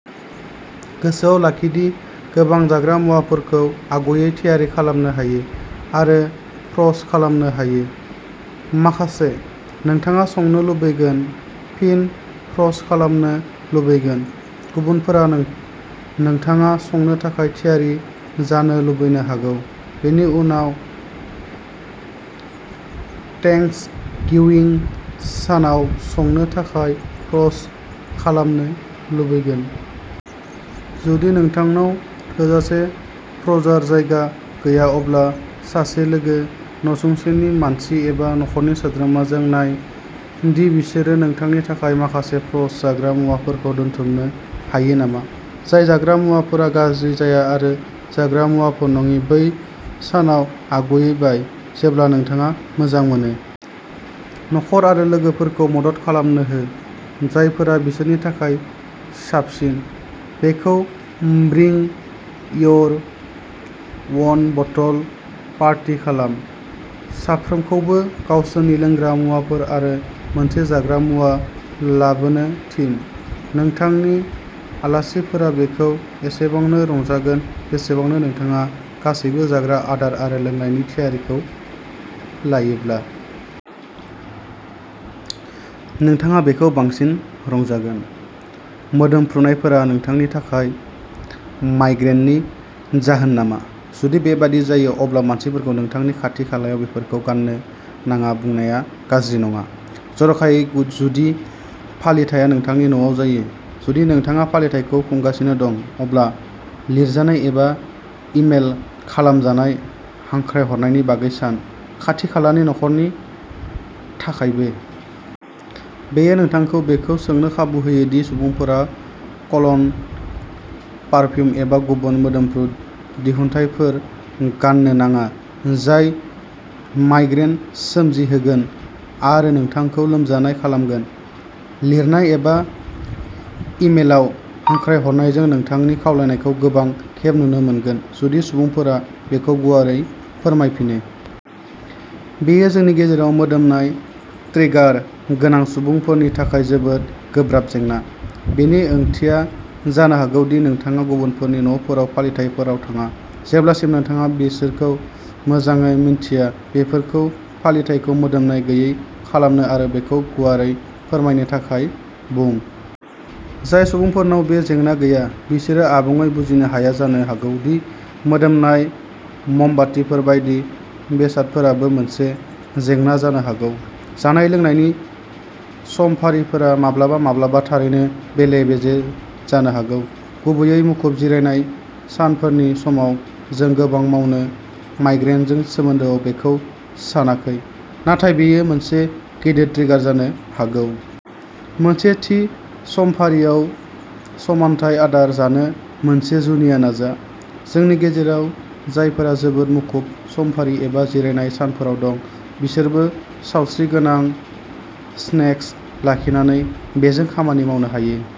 गोसोआव लाखि दि गोबां जाग्रा मुवाफोरखौ आगुयै थियारि खालामनो हायो आरो फ्र'ज खालामनो हायो। माखासे, नोंथाङा संनो लुबैगोन, फिन फ्र'ज खालामनो लुबैगोन, गुबुनफोरा नोंथाङा संनो थाखाय थियारि जानो लुबैनो हागौ, बेनि उनाव थेंक्सगिविं सानाव संनो थाखाय फ्र'ज खालामनो लुबैगोन। जुदि नोंथांनाव थोजासे फ्र'जार जायगा गैया अब्ला सासे लोगो, नसुंसेनि मानसि एबा नखरनि सोद्रोमाजों नाय दि बिसोरो नोंथांनि थाखाय माखासे फ्र'ज जाग्रा मुवाफोरखौ दोनथुमनो हायो नामा। जाय जाग्रा मुवाफोरा गाज्रि जाया आरो जाग्रा मुवाफोर नङि, बै सानाव आगुयै बाय, जेब्ला नोंथाङा मोजां मोनो। नखर आरो लोगोफोरखौ मदद खालामनो हो। जायफोरा बिसोरनि थाखाय साबसिन। बेखौ bring your own bottle party खालाम। साफ्रोमखौबो गावसोरनि लोंग्रा मुवाफोर आरो मोनसे जाग्रा मुवा लाबोनो थिन। नोंथांनि आलासिफोरा बेखौ एसेबांनो रंजागोन जेसेबां नोंथाङा गासैबो जाग्रा आदार आरो लोंनायनि थियारिखौ लायोब्ला। नोंथाङा बेखौ बांसिन रंजागोन। मोदोमफ्रुनायफोरा नोंथांनि थाखाय माइग्रेननि जाहोन नामा? जुदि बेबादि जायो अब्ला मानसिफोरखौ नोंथांनि खाथि खालायाव बेफोरखौ गान्नो नाङा बुंनाया गाज्रि नङा, जर'खायै जुदि फालिथाया नोंथांनि न'आव जायो। जुदि नोंथाङा फालिथायखौ खुंगासिनो दं, अब्ला लिरजानाय एबा इमेल खालामजानाय हांख्रायहरनायनि बागै सान, खाथि-खालानि नखरनि थाखायबो। बेयो नोंथांखौ बेखौ सोंनो खाबु होयो दि सुबुंफोरा कल'न, पारफिउम एबा गुबुन मोदोमफ्रु दिहुनथायफोर गान्नो नाङा जाय माइग्रेन सोमजिहोगोन आरो नोंथांखौ लोमजानाय खालामगोन। लिरनाय एबा इमेलआव हांख्रायहरनायजों नोंथांनि खावलायनायखौ गोबां खेब नुनो मोनगोन जुदि सुबुंफोरा बेखौ गुवारै फोरमायफिनो। बेयो जोंनि गेजेराव मोदोमनाय ट्रिगार गोनां सुबुंफोरनि थाखाय जोबोद गोब्राब जेंना। बेनि ओंथिया जानो हागौ दि नोंथाङा गुबुनफोरनि न'फोराव फालिथाइफोराव थाङा, जेब्लासिम नोंथाङा बिसोरखौ मोजाङै मिन्थिया, बिसोरखौ फालिथायखौ मोदोमनाय गैयै खालामनो आरो बेखौ गुवारै फोरमायनो थाखाय बुं। जाय सुबुंफोरनाव बे जेंना गैया, बिसोरो आबुङै बुजिनो हाया जानो हागौ दि मोदोमनाय ममबातिफोर बायदि बेसादफोराबो मोनसे जेंना जानो हागौ। जानाय-लोंनायनि समफारिफोरा माब्लाबा-माब्लाबा थारैनो बेले-बेजे जानो हागौ, गुबैयै मुखुब जिरायनाय सानफोरनि समाव। जों गोबां समावनो माइग्रेनजों सोमोन्दोआव बेखौ सानाखै, नाथाय बेयो मोनसे गिदिर ट्रिगार जानो हागौ। मोनसे थि समफारियाव समानथाय आदार जानो मोनसे जुनिया नाजा। जोंनि गेजेराव जायफोरा जोबोद मुखुब समफारि एबा जिरायनाय सानफोराव दं, बिसोरबो सावस्रिगोनां स्नेक्स लाखिनानै बेजों खामानि मावनो हायो।